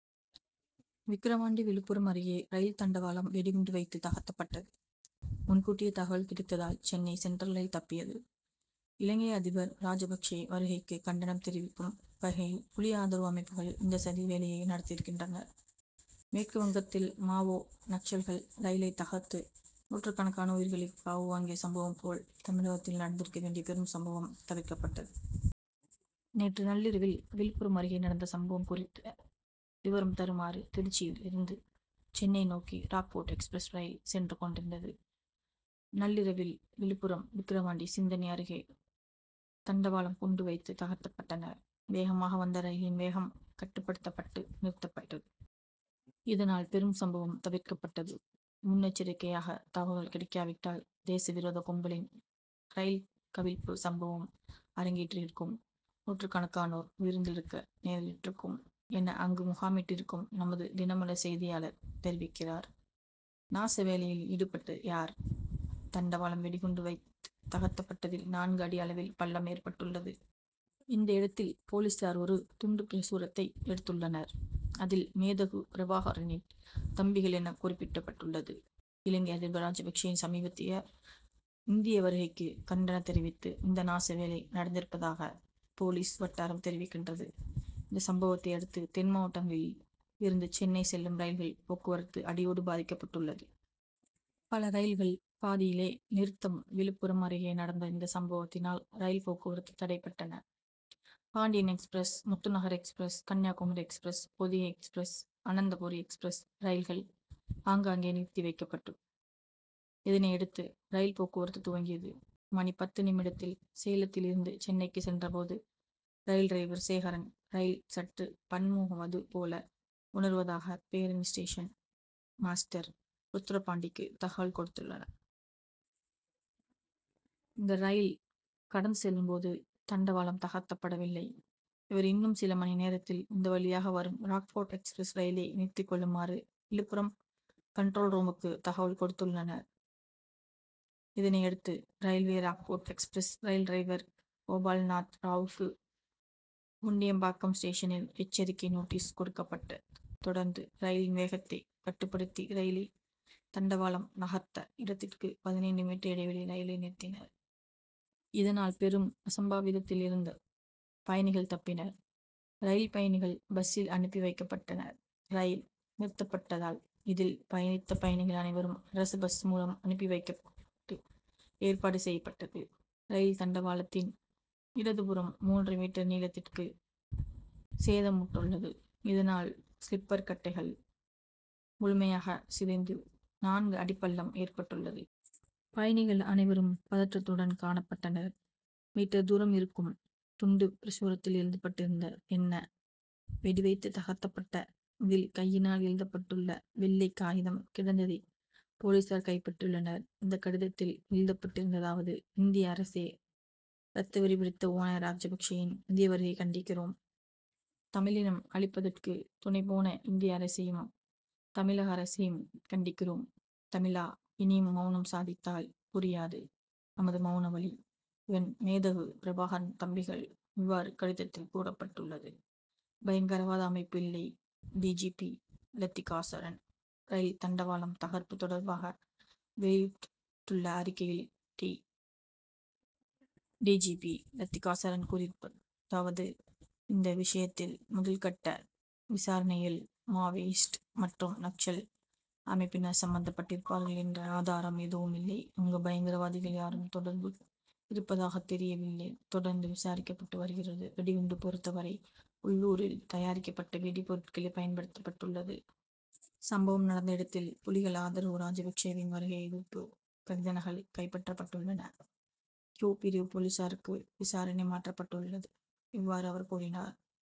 விக்கிரவாண்டி விழுப்புரம் அருகே ரயில் தண்டவாளம் வெடிகுண்டு வைத்து தகர்க்கப்பட்டது. முன்கூட்டியே தகவல் கிடைத்ததால் சென்னை சென்ற ரயில் தப்பியது. இலங்கை அதிபர் ராஜபக்ஷேயின் வருகைக்கு கண்டனம் தெரிவிக்கும் வகையில் புலி ஆதரவு அமைப்புகள் இந்த சதி வேலையை நடத்தியிருக்கின்றனர். மேற்குவங்கத்தில் மாவோ., நக்சல்கள் ரயிலை தகர்த்து நூற்றுக்கணக்கான உயிர்களை காவு வாங்கிய சம்பவம் போல், தமிழகத்தில் நடந்திருக்க வேண்டிய பெரும் சம்பவம் தவிர்க்கப்பட்டது. நேற்று நள்ளிரவில் விழுப்புரம் அருகே நடந்த சம்பவம் குறித்த விவரம் வருமாறு திருச்சியில் இருந்து சென்னை நோக்கி ராக்போர்ட் எக்ஸ்பிரஸ் ரயில் சென்று கொண்டிருந்தது. நள்ளிரவில் விழுப்புரம் விக்கிரவாண்டி சித்தனி அருகே தண்டவாளம் குண்டு வைத்து தகர்க்கப்பட்டன. வேகமாக வந்த ரயிலின் வேகம் கட்டுப்படுத்தப்பட்டு நிறுத்தப்பட்டது. இதனால் பெரும் சம்பவம் தவிர்க்கப்பட்டது. முன்னெச்சரிக்கையாக தகவல் கிடைக்காவிட்டால் தேச விரோத கும்பலின் ரயில் கவிழ்ப்பு சம்பவம் அரங்கேறியிருக்கும். நூற்றுக்கணக்கானோர் உயிரிழந்திருக்க நேரிட்டிருக்கும் என அங்கு முகாமிட்டிருக்கும் நமது தினமலர் செய்தியாளர் தெரிவிக்கிறார். நாசவேலையில் ஈடுபட்டது யார்? தண்டவாளம் வெடிகுண்டு வைத்து தகர்க்கப்பட்டதில் நான்கு அடி அளவில் பள்ளம் ஏற்பட்டுள்ளது. இந்த இடத்தில் போலீசார் ஒரு துண்டு பிரசுரத்தை எடுத்துள்ளனர். அதில் மேதகு பிரபாகரனின் தம்பிகள் என குறிப்பிடப்பட்டுள்ளது. இலங்கை அதிபர் ராஜபக்சேயின் சமீபத்திய இந்திய வருகைக்கு கண்டனம் தெரிவித்து இந்த நாச வேலை நடந்திருப்பதாக போலீஸ் வட்டாரம் தெரிவிக்கிறது. இந்த சம்பவத்தை அடுத்து தென் மாவட்டங்களில் இருந்து சென்னை செல்லும் ரயில்கள் போக்குவரத்து அடியோடு பாதிக்கப்பட்டுள்ளது. பல ரயில்கள் பாதியிலே நிறுத்தம் விழுப்புரம் அருகே நடந்த இந்த சம்பவத்தினால் ரயில் போக்குவரத்து தடைப்பட்டன. Pandian express, Muthunagar express, Kanyakumari express, Podhigai express, Ananthapuri express ரயில்கள் ஆங்காங்கே நிறுத்தி வைக்கப்பட்ட. இதனையடுத்து ரயில் போக்குவரத்து துவங்கியது. மணி. பத்து நிமிடத்தில் சேலத்தில் இருந்து சென்னைக்கு சென்ற போது ரயில் டிரைவர் சேகரன், ரயில் சற்று பம்முவதுபோல, உணர்வதாக பேரணி ஸ்டேஷன் மாஸ்டர் ருத்ரபாண்டிக்கு தகவல் கொடுத்துள்ளார். இந்த ரயில் கடந்து செல்லும்போது தண்டவாளம் தகர்க்கப்படவில்லை. இவர் இன்னும் சில மணி நேரத்தில் இந்த வழியாக வரும் ராக்போட் எக்ஸ்பிரஸ் ரயிலை நிறுத்திக்கொள்ளுமாறு விழுப்புரம் கன்ட்ரோல் ரூமுக்கு தகவல் கொடுத்துள்ளார். இதனையடுத்து railway Rockfort express rail driver Gopalnath ராவுக்கு முண்டியம்பாக்கம் ஸ்டேஷனில் எச்சரிக்கை நோட்டீஸ் கொடுக்கப்பட்டது தொடர்ந்து ரயிலின் வேகத்தை கட்டுப்படுத்தி ரயிலை தண்டவாளம் தகர்ந்த இடத்திற்கு பதினைந்து மீட்டர் இடைவெளியில் ரயிலை நிறுத்தினார். இதனால் பெரும் அசம்பாவிதத்தில் இருந்து பயணிகள் தப்பினர். ரயில் பயணிகள் பஸ்சில் அனுப்பி வைக்கப்படனர் ரயில் நிறுத்தப்பட்டதால் இதில் பயணித்த பயணிகள் அனைவரும் அரசு பஸ் மூலம் அனுப்பி வைக்க ஏற்பாடு செய்யப்பட்டது. ரயில் தண்டவாளத்தின் இடது புறம் மூன்று மீட்டர் நீளத்திற்கு சேதமுற்றுள்ளது. இதனால் சிலிப்பர் கட்டைகள் முழுமையாக சிதைந்து நான்கு அடிப்பள்ளம் ஏற்பட்டுள்ளது. பயணிகள் அனைவரும பதட்டத்துடன் காணப்பட்டனர். மீட்டர் தூரம் இருக்கும். துண்டு பிரசுரத்தில் எழுதப்பட்டிருந்தது என்ன? வெடி வைத்து தகர்க்கப்பட்ட இடத்தில் கையினால் எழுதப்பட்டுள்ள வெள்ளை காகிதம் கிடந்ததை போலீசார் கைப்பற்றியுள்ளனர், இந்த கடிதத்தில் எழுதப்பட்டிருந்ததாவது இந்திய அரசே ரத்த வெறி பிடித்த ஓநாய் ராஜபக்சேயின் இந்திய வருகையை கண்டிக்கிறோம். தமிழினம் அழிப்பதற்கு துணைபோன இந்திய அரசையும், தமிழக அரசையும் கண்டிக்கிறோம். தமிழா இனியும் மவுனம் சாதித்தால் புரியாது நமது மவுன வலி. இவண். மேதகு பிரபாகரன் தம்பிகள். இவ்வாறு கடிதத்தில் கூறப்பட்டுள்ளது. பயங்கரவாத அமைப்பு இல்லை D. G. P., Letika Saran rail தண்டவாளம் தகர்ப்பு தொடர்பாக வெளியிட்டுள்ள அறிக்கையில் டி. ஜி. பி., லத்திகாசரண் கூறியிருப்பதாவது இந்த விஷயத்தில் முதல்கட்ட விசாரணையில், மாவோயிஸ்ட் மற்றும் நக்சல் அமைப்பினர் சம்பந்தப்பட்டிருப்பார்கள் என்ற ஆதாரம் ஏதும் இல்லை. அங்கு பயங்கரவாதிகள் யாரும் தொடர்பு இருப்பதாக தெரியவில்லை, தொடர்ந்து விசாரிக்கப்பட்டு வருகிறது. வெடிகுண்டு பொறுத்த வரை உள்ளூரில் தயாரிக்கப்பட்ட வெடி பொருட்களே பயன்படுத்தப்பட்டுள்ளது. சம்பவம் நடந்த இடத்தில் புலிகள் ஆதரவு ராஜபக்சேவின் வருகை எதிர்ப்பு கடித நகல்கள் கைப்பற்றப்பட்டுள்ளன. கியூ பிரிவு போலீசாருக்கு விசாரணை மாற்றப்பட்டுள்ளது இவ்வாறு அவர் கூறினார்.